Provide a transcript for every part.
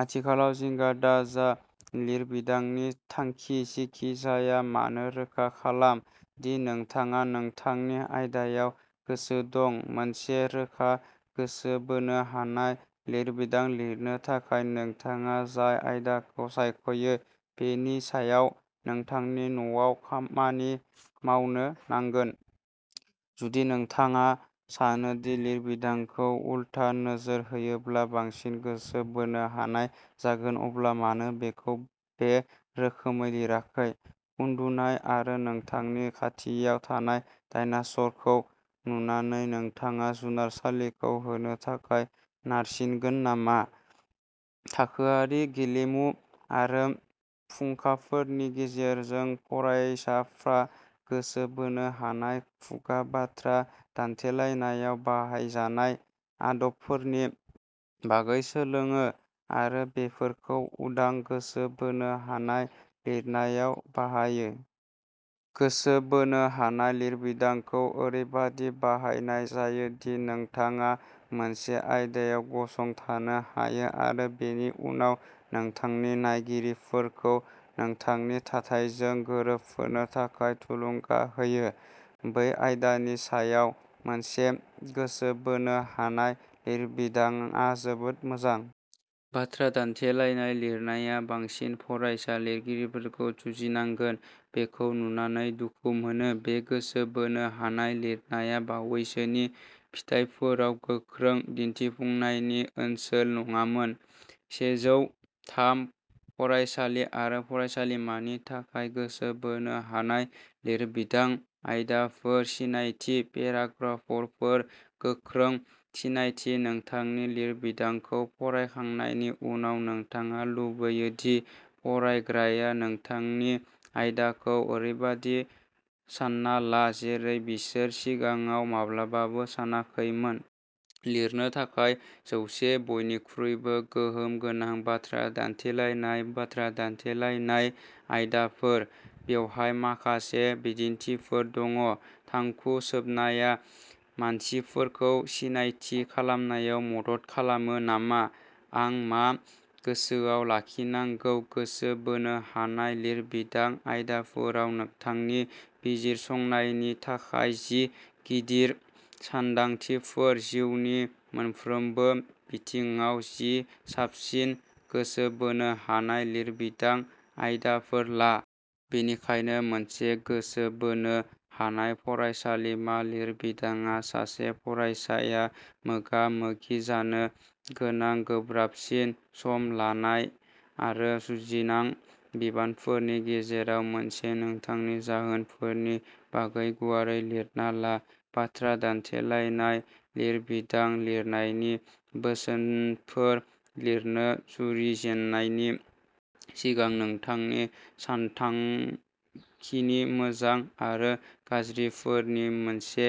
आथिखालाव जिंगा दाजा। लिरबिदांनि थांखि जेखि जाया मानो रोखा खालाम दि नोंथाङा नोंथांनि आयदायाव गोसो दं। मोनसे रोखा गोसो बोनो हानाय लिरबिदां लिरनो थाखाय नोंथाङा जाय आयदाखौ सायख'यो बेनि सायाव नोंथांनि न'आव खामानि मावनो नांगोन। जुदि नोंथाङा सानो दि लिरबिदांखौ उलथा नोजोर होयोब्ला बांसिन गोसो बोनो हानाय जागोन अब्ला मानो बेखौ बे रोखोमै लिराखै? उन्दुनाय आरो नोंथांनि खाथियाव थानाय डायनास'रखौ नुनानै नोंथाङा जुनारसालिखौ होनो थाखाय नारसिगोन नामा? थाखोआरि गेलेमु आरो फुंखाफोरनि गेजेरजों फरायसाफ्रा गोसो बोनो हानाय खुगा बाथ्रा दान्थेलायनायाव बाहायजानाय आदबफोरनि बागै सोलोङो आरो बेफोरखौ उदां गोसो बोनो हानाय लिरनायाव बाहायो। गोसो बोनो हानाय लिरबिदांखौ ओरैबायदि बाहायनाय जायो दि नोंथाङा मोनसे आयदायाव गसंथानो हायो आरो बेनि उनाव नोंथांनि नायगिरिफोरखौ नोंथांनि थाथायजों गोरोबहोनो थाखाय थुलुंगा होयो। बै आयदानि सायाव मोनसे गोसो बोनो हानाय लिरबिदांआ जोबोद मोजां। बाथ्रा दान्थेलायनाय लिरनाया बांसिन फरायसा लिरगिरिफोरखौ जुजिनांगोन। बेखौ नुनानै दुखु मोनो। बे गोसो बोनो हानाय लिरनाया बायैसोनि फिथायफोराव गोख्रों दिन्थिफुंनायनि ओनसोल नङामोन। सेजौ थाम फरायसालि आरो फरायसालिमानि थाखाय गोसो बोनो हानाय लिरबिदां आयदाफोर, सिनायथि पेराग्राफफोर, गोख्रों सिनायथि नोंथांनि लिरबिदांखौ फरायखांनायनि उनाव नोंथाङा लुबैयो दि फरायग्राया नोंथांनि आयदाखौ ओरैबायदि सानना ला जेरै बिसोर सिगाङाव माब्लाबाबो सानाखैमोन। लिरनो थाखाय जौसे बयनिख्रुइबो गोहोम गोनां बाथ्रा दान्थेलायनाय बाथ्रा दान्थेलायनाय आयदाफोर। बेवहाय माखासे बिदिन्थिफोर दङ। थांखु सोबनाया मानसिफोरखौ सिनायथि खालामनायाव मदद खालामो नामा? आं मा गोसोआव लाखिनांगौ। गोसो बोनो हानाय लिरबिदां आयदाफोराव नोंथांनि बिजिरसंनायनि थाखाय जि गिदिर सानदांथिफोर जिउनि मोनफ्रोमबो बिथिङाव जि साबसिन गोसो बोनो हानाय लिरबिदां आयदाफोर ला। बेनिखायनो मोनसे गोसो बोनो हानाय फरायसालिमा लिरबिदांआ सासे फरायसाया मोगा-मोगि जानो गोनां गोब्राबसिन सम लानाय आरो जुजिनां बिबानफोरनि गेजेराव मोनसे। नोंथांनि जाहोनफोरनि बागै गुवारै लिरना ला। बाथ्रा दान्थेलायनाय लिरबिदां लिरनायनि बोसोनफोर लिरनो जुरिजेननायनि सिगां नोंथांनि सानथांखिनि मोजां आरो गाज्रिफोरनि मोनसे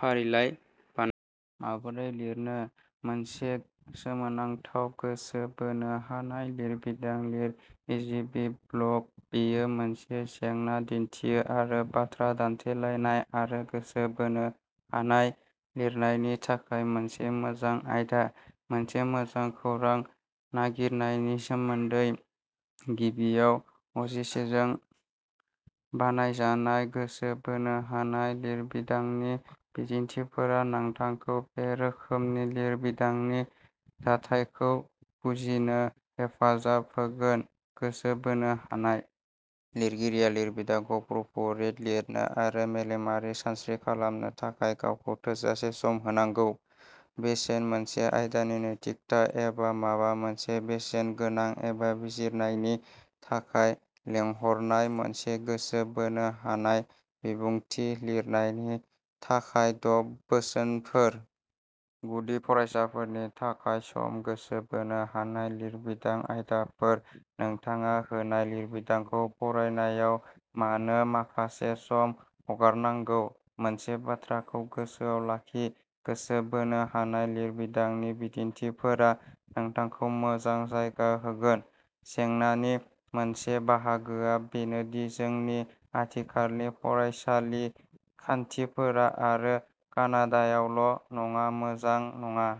फारिलाइ बानाय। माबोरै लिरनो? मोनसे सोमोनांथाव गोसो बोनो हानाय लिरबिदां लिर इजिबिब ब्लग। बेयो मोनसे जेंना दिन्थियो आरो बाथ्रा दान्थेलायनाय आरो गोसो बोनो हानाय लिरनायनि थाखाय मोनसे मोजां आयदा। मोनसे मोजां खौरां नागिरनायनि सोमोन्दै? गिबियाव अजेसेजों बानायजानाय गोसो बोनो हानाय लिरबिदांनि बिदिन्थिफोरा नोंथांखौ बे रोखोमनि लिरबिदांनि दाथायखौ बुजिनो हेफाजाब होगोन गोसो बोनो हानाय। लिरगिरिया लिरबिदांखौ प्रुफरिड लिरनो आरो मेलेमारि सानस्रि खालामनो थाखाय गावखौ थोजासे सम होनांगौ। बेसेन मोनसे आयदानि नैतिकता एबा माबा मोनसे बेसेन गोनां एबा बिजिरनायनि थाखाय लेंहरनाय। मोनसे गोसो बोनो हानाय बिबुंथि लिरनायनि थाखाय द’ बोसोनफोर। गुदि फरायसाफोरनि थाखाय सम गोसो बोनो हानाय लिरबिदां आयदाफोर। नोंथाङा होनाय लिरबिदांखौ फरायनायाव मानो माखासे सम हगारनांगौ? मोनसे बाथ्राखौ गोसोआव लाखि गोसो बोनो हानाय लिरबिदांनि बिदिन्थिफोरा नोंथांखौ मोजां जायगा होगोन। जेंनानि मोनसे बाहागोआ बेनोदि जोंनि आथिखालनि फरायसालि खान्थिफोरा आरो कानाडायावल' नङा मोजां नङा।